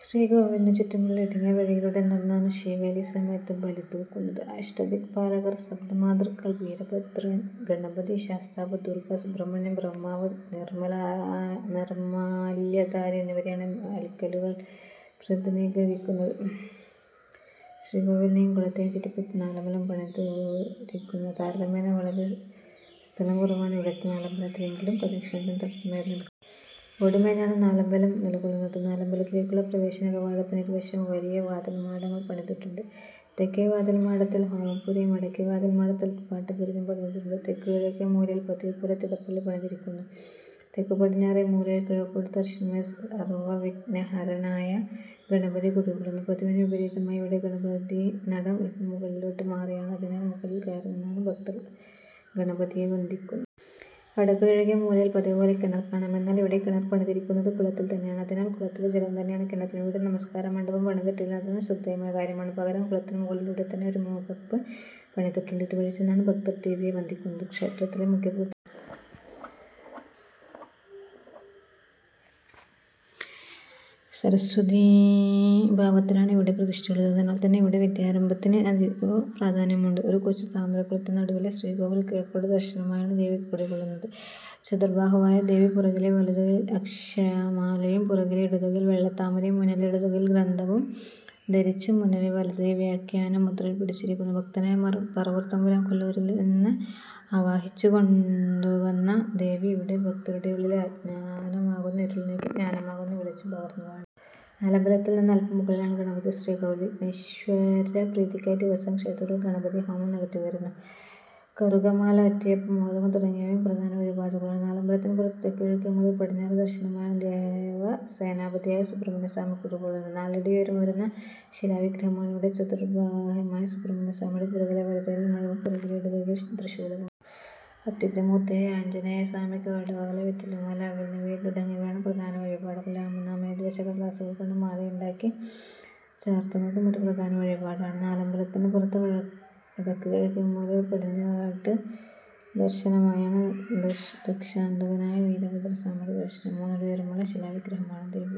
ശ്രീകോവിലിന് ചുറ്റുമുള്ള ഇടുങ്ങിയ വഴിയിലൂടെ നടന്നാണ് ശീവേലിസമയത്ത് ബലിതൂകുന്നത്. അഷ്ടദിക്പാലകർ, സപ്തമാതൃക്കൾ, വീരഭദ്രൻ, ഗണപതി, ശാസ്താവ്, ദുർഗ്ഗ, സുബ്രഹ്മണ്യൻ, ബ്രഹ്മാവ്, നിർമ്മാല്യധാരി എന്നിവരെയാണ് ബലിക്കല്ലുകൾ പ്രതിനിധീകരിയ്ക്കുന്നത്. ശ്രീകോവിലിനെയും കുളത്തെയും ചുറ്റിപ്പറ്റി നാലമ്പലം പണിതിരിയ്ക്കുന്നു. താരതമ്യേന വളരെ സ്ഥലം കുറവാണ് ഇവിടത്തെ നാലമ്പലത്തിൽ. എങ്കിലും പ്രദക്ഷിണത്തിന് തടസ്സമായി അത് നിൽക്കുന്നില്ല. ഓടുമേഞ്ഞാണ് നാലമ്പലം നിലകൊള്ളുന്നത്. നാലമ്പലത്തിലേയ്ക്കുള്ള പ്രവേശനകവാടത്തിന് ഇരുവശവും വലിയ വാതിൽമാടങ്ങൾ പണിതിട്ടുണ്ട്. തെക്കേ വാതിൽമാടത്തിൽ ഹോമപ്പുരയും വടക്കേ വാതിൽമാടത്തിൽ പാട്ടുപുരയും പണിതിട്ടുണ്ട്. തെക്കുകിഴക്കേമൂലയിൽ പതിവുപോലെ തിടപ്പള്ളി പണിതിരിയ്ക്കുന്നു. തെക്കുപടിഞ്ഞാറേമൂലയിൽ കിഴക്കോട്ട് ദർശനമായി സർവ്വവിഘ്നഹരനായ ഗണപതി കുടികൊള്ളുന്നു. പതിവിന് വിപരീതമായി ഇവിടെ ഗണപതിനട അല്പം മുകളിലോട്ടുമാറിയാണ്. അതിനാൽ, മുകളിൽ കയറിനിന്നാണ് ഭക്തർ ഗണപതിയെ വന്ദിയ്ക്കുന്നത്. വടക്കുകിഴക്കേമൂലയിൽ പതിവുപോലെ കിണർ കാണാം. എന്നാൽ, ഇവിടെ കിണർ പണിതിരിയ്ക്കുന്നത് കുളത്തിൽ തന്നെയാണ്! അതിനാൽ, കുളത്തിലെ ജലം തന്നെയാണ് കിണറ്റിലും. ഇവിടെ നമസ്കാരമണ്ഡപം പണിതിട്ടില്ലെന്നതും ശ്രദ്ധേയമായ കാര്യമാണ്. പകരം കുളത്തിന് മുകളിലൂടെത്തന്നെ ഒരു മുഖപ്പ് പണിതിട്ടുണ്ട്. ഇതുവഴി ചെന്നാണ് ഭക്തർ ദേവിയെ വന്ദിയ്ക്കുന്നത്. ക്ഷേത്രത്തിലെ മുഖ്യപ്രതിഷ്ഠ. സരസ്വതീഭാവത്തിലാണ് ഇവിടെ പ്രതിഷ്ഠയുള്ളത്. അതിനാൽ തന്നെ ഇവിടെ വിദ്യാരംഭത്തിന് അതീവപ്രാധാന്യമുണ്ട്. ഒരു കൊച്ചുതാമരക്കുളത്തിന് നടുവിലെ ശ്രീകോവിലിൽ കിഴക്കോട്ട് ദർശനമായാണ് ദേവി കുടികൊള്ളുന്നത്. ചതുർബാഹുവായ ദേവി പുറകിലെ വലതുകയ്യിൽ അക്ഷമാലയും പുറകിലെ ഇടതുകയ്യിൽ വെള്ളത്താമരയും മുന്നിലെ ഇടതുകയ്യിൽ ഗ്രന്ഥവും ധരിച്ച് മുന്നിലെ വലതുകൈ വ്യാഖ്യാനമുദ്രയിൽ പിടിച്ചിരിയ്ക്കുന്നു. ഭക്തനായ പറവൂർ തമ്പുരാൻ കൊല്ലൂരിൽ നിന്ന് ആവാഹിച്ചുകൊണ്ടുവന്ന ദേവി ഇവിടെ ഭക്തരുടെയുള്ളിലെ അജ്ഞാനമാകുന്ന ഇരുൾ നീക്കി ജ്ഞാനമാകുന്ന വെളിച്ചം പകർന്നുവാഴുന്നു. നാലമ്പലത്തിൽ നിന്ന് അല്പം മുകളിലായാണ് ഗണപതിശ്രീകോവിൽ. വിഘ്നേശ്വരപ്രീതിയ്ക്കായി ദിവസവും ക്ഷേത്രത്തിൽ ഗണപതിഹോമം നടത്തിവരുന്നു. കറുകമാല, ഒറ്റയപ്പം, മോദകം തുടങ്ങിയവയും പ്രധാനവഴിപാടുകളാണ്. നാലമ്പലത്തിന് പുറത്ത് തെക്കുകിഴക്കേമൂലയിൽ പടിഞ്ഞാട്ട് ദർശനമായാണ് ദേവസേനാപതിയായ സുബ്രഹ്മണ്യസ്വാമി കുടികൊള്ളുന്നത്. നാലടി ഉയരം വരുന്ന ശിലാവിഗ്രഹമാണിവിടെ. ചതുർബാഹുവായ സുബ്രഹ്മണ്യസ്വാമിയുടെ പുറകിലെ വലതുകയ്യിൽ മഴുവും പുറകിലെ ഇടതുകയ്യിൽ ത്രിശൂലവും കാണാം. അത്യുഗ്രമൂർത്തിയായ ആഞ്ജനേയസ്വാമിയ്ക്ക് വടമാല, വെറ്റിലമാല, അവിൽ നിവേദ്യം തുടങ്ങിയവയാണ് പ്രധാന വഴിപാടുകൾ. രാമനാമം എഴുതിവച്ച കടലാസുകൾ കൊണ്ട് മാലയുണ്ടാക്കി ചാർത്തുന്നതും ഒരു പ്രധാന വഴിപാടാണ്. നാലമ്പലത്തിന് പുറത്ത് വടക്കുകിഴക്കേമൂലയിൽ പടിഞ്ഞാട്ട് ദർശനമായാണ് ദക്ഷാന്തകനായ വീരഭദ്രസ്വാമിയുടെ പ്രതിഷ്ഠ. മൂന്നടി ഉയരമുള്ള ശിലാവിഗ്രഹമാണ്. ദേവിയുടെ